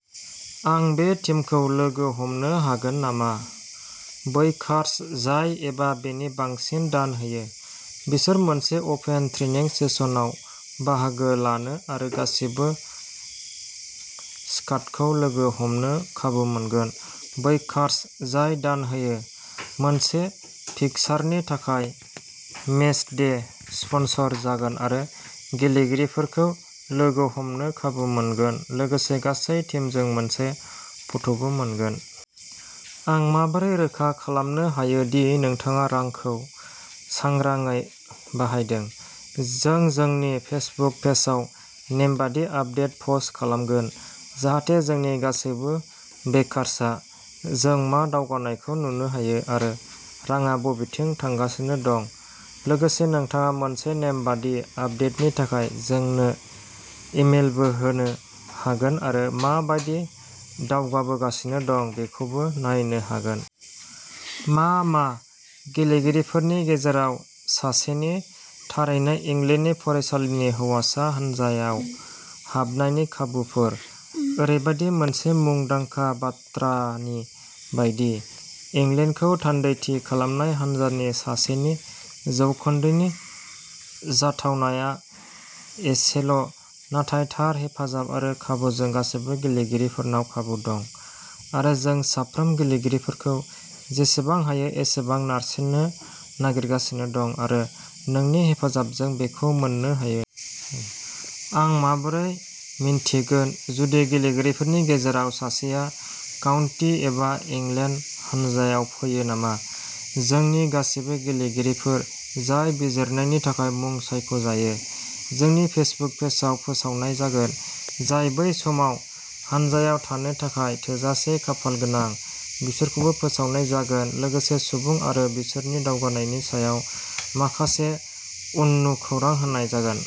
आं बे टीमखौ लोगो हमनो हागोन नामा? -बैकार्स जाय एबा बेनि बांसिन दान होयो, बिसोर मोनसे अपेन ट्रेनिं सेसनआव बाहागो लानो आरो गासिबो स्काडखौ लोगो हमनो खाबु मोनगोन, बैकार्स जाय दान होयो, मोनसे फिक्सारनि थाखाय मेच डे स्पन्सर जागोन आरो गेलेगिरिफोरखौ लोगो हमनो खाबु मोनगोन लोगोसे गासै टीमजों मोनसे फट'बो मोनगोन। आं माबोरै रोखा खालामनो हायो दि नोंथाङा रांखौ सांग्राङै बाहायदों? -जों जोंनि फेसबुक पेजआव नेमबादि आपडेट पस्ट खालामगोन जाहाथे जोंनि गासैबो बेकार्सआ जों मा दावगानायखौ नुनो हायो आरो रांआ बबेथिं थांगासिनो दं, लोगोसे नोंथाङा मोनसे नेमबादि आपडेटनि थाखाय जोंनो इमेलबो होनो हागोन आरो मा बायदि दावगाबोगासिनो दं बेखौबो नायनो हागोन। मा मा? गेलेगिरिफोरनि गेजेराव सासेनि थारैनो इंलेन्डनि फरायसालिनि हौवासा हान्जायाव हाबनायनि खाबुफोर? -ओरैबायदि मोनसे मुंदांखा बाथ्रानि बायदि, इंलेन्डखौ थान्दैथि खालामनाय हानजानि सासेनि जौखोन्दोनि जाथावनाया एसेल ', नाथाय थार हेफाजाब आरो खाबुजों गासैबो गेलेगिरिफोरनाव खाबु दं, आरो जों साफ्रोम गेलेगिरिफोरखौ जेसेबां हायो एसेबां नारसिन्नो नागिरगासिनो दं आरो नोंनि हेफाजाबजों बेखौ मोन्नो हायो। आं माबोरै मिन्थिगोन जुदि गेलेगिरिफोरनि गेजेराव सासेया काउन्टी एबा इंलेन्ड हान्जायाव फैयो नामा? -जोंनि गासिबो गेलेगिरिफोर जाय बिजिरनायनि थाखाय मुं सायख'जायो, जोंनि फेसबुक पेजआव फोसावनाय जागोन, जाय बै समाव हान्जायाव थानो थाखाय थोजासे खाफालगोनां, बिसोरखौबो फोसावनाय जागोन लोगोसे सुबुं आरो बिसोरनि दावगानायनि सायाव माखासे उननु खौरां होनाय जागोन।